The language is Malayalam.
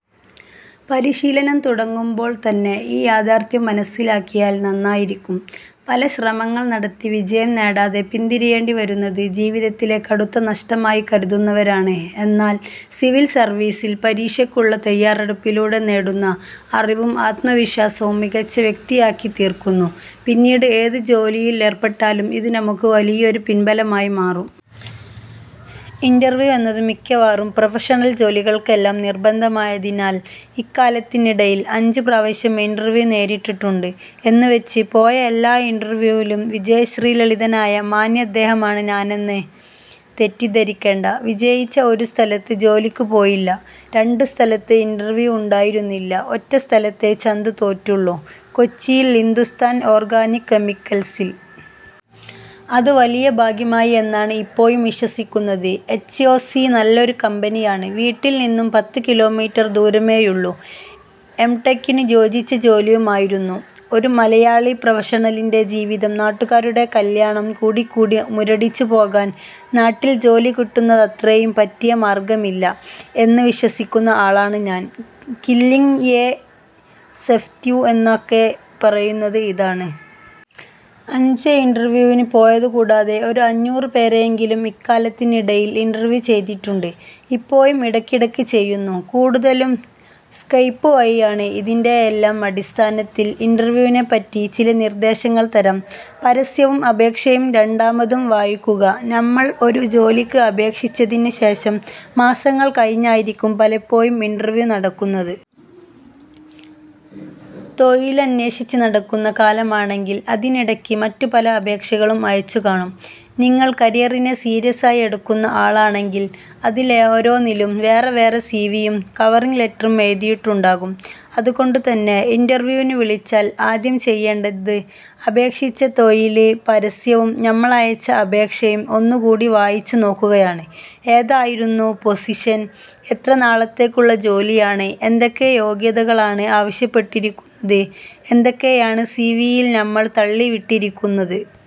പരിശീലനം തുടങ്ങുമ്പോള് തന്നെ ഈ യാഥാര്ത്ഥ്യം മനസ്സിലാക്കിയാല് നന്നായിരിക്കും. പല ശ്രമങ്ങള് നടത്തി വിജയം നേടാതെ പിന്തിരിയേണ്ടി വരുന്നത് ജീവിതത്തിലെ കടുത്ത നഷ്ടമായി കരുതുന്നവരുണ്ട്. എന്നാല്, സിവില് സര്വീസ് പരീക്ഷയ്ക്കുള്ള തയ്യാറെടുപ്പിലൂടെ നേടുന്ന അറിവും ആത്മവിശ്വാസവും മികച്ച വ്യക്തിയാക്കിത്തീര്ക്കുന്നു. പിന്നീട് ഏത് ജോലിയില് ഏര്പ്പെട്ടാലും ഇത് നമുക്ക് വലിയൊരു പിന്ബലമായിമാറും. ഇന്റര്വ്യൂ എന്നത് മിക്കവാറും പ്രൊഫഷണല് ജോലികള്ക്കെല്ലാം നിര്ബന്ധമായതിനാല് ഇക്കാലത്തിനിടയില് അഞ്ചു പ്രാവശ്യം ഇന്റര്വ്യൂ നേരിട്ടിട്ടുണ്ട്. എന്നുവെച്ച് പോയ എല്ലാ ഇന്റര്വ്യൂവിലും വിജയശ്രീലാളിതനായ മാന്യദേഹം ആണ് ഞാനെന്ന് തെറ്റിദ്ധരിക്കേണ്ട. വിജയിച്ച ഒരു സ്ഥലത്ത് ജോലിക്കു പോയില്ല, രണ്ടു സ്ഥലത്ത് ഇന്റര്വ്യൂ ഉണ്ടായിരുന്നില്ല. ഒറ്റ സ്ഥലത്തേ ചന്തു തോറ്റുള്ളൂ, കൊച്ചിയില് ഹിന്ദുസ്ഥാന് ഓര്ഗാനിക്ക് കെമിക്കല്സില്. അത് വലിയ ഭാഗ്യമായി എന്നാണ് ഇപ്പോഴും വിശ്വസിക്കുന്നത്. എച്ച്ഒസി നല്ലൊരു കമ്പനിയാണ്, വീട്ടില് നിന്നും പത്തു കിലോമീറ്റര് ദൂരമേയുള്ളൂ, എംടെക്കിനു യോജിച്ച ജോലിയുമായിരുന്നു. ഒരു മലയാളി പ്രൊഫഷണലിന്റെ ജീവിതം നാട്ടുകാരുടെ കല്യാണം കൂടിക്കൂടി മുരടിച്ചു പോകാന് നാട്ടില് ജോലികിട്ടുന്നത്രയും പറ്റിയ മാര്ഗ്ഗമില്ല എന്ന് വിശ്വസിക്കുന്ന ആളാണ് ഞാന്. കില്ലിങ് യൊഉ സൊഫ്ത്ല്യ് എന്നൊക്കെ പറയുന്നത് ഇതാണ്. അഞ്ച് ഇന്റര്വ്യൂവിന് പോയതുകൂടാതെ ഒരു അഞ്ഞൂറ് പേരെയെങ്കിലും ഇക്കാലത്തിനിടയില് ഇന്റര്വ്യൂ ചെയ്തിട്ടുണ്ട്, ഇപ്പോഴും ഇടക്കിടക്ക് ചെയ്യുന്നു. കൂടുതലും സ്കൈപ്പ് വഴിയാണ്. ഇതിന്റെയെല്ലാം അടിസ്ഥാനത്തില് ഇന്റര്വ്യൂവിനെപ്പറ്റി ചില നിര്ദേശങ്ങള് തരാം.. പരസ്യവും അപേക്ഷയും രണ്ടാമതും വായിക്കുക:നമ്മള് ഒരു ജോലിക്ക് അപേക്ഷിച്ചതിനു ശേഷം മാസങ്ങള് കഴിഞ്ഞായിരിക്കും പലപ്പോഴും ഇന്റര്വ്യൂ നടക്കുന്നത്. തൊഴിലന്വേഷിച്ച് നടക്കുന്ന കാലമാണെങ്കില് അതിനിടക്ക് മറ്റു പല അപേക്ഷകളും അയച്ചുകാണും. നിങ്ങള് കരിയറിനെ സീരിയസായി എടുക്കുന്ന ആളാണെങ്കില് അതിലോരോന്നിലും വേറെവേറെ സിവിയും കവറിങ് ലെറ്ററും എഴുതിയിട്ടുണ്ടാകും. അതുകൊണ്ടുതന്നെ ഇന്റര്വ്യൂവിന് വിളിച്ചാല് ആദ്യം ചെയ്യേണ്ടത് അപേക്ഷിച്ച തൊഴില് പരസ്യവും നമ്മളയച്ച അപേക്ഷയും ഒന്നുകൂടി വായിച്ചുനോക്കുകയാണ്. ഏതായിരുന്നു പൊസിഷന്, എത്ര നാളത്തേക്കുള്ള ജോലിയാണ്, എന്തൊക്കെ യോഗ്യതകളാണ് ആവശ്യപ്പെട്ടിരിക്കുന്നത്, എന്തൊക്കെയാണ് സിവിയില് നമ്മള് 'തള്ളി'വിട്ടിരിക്കുന്നത്.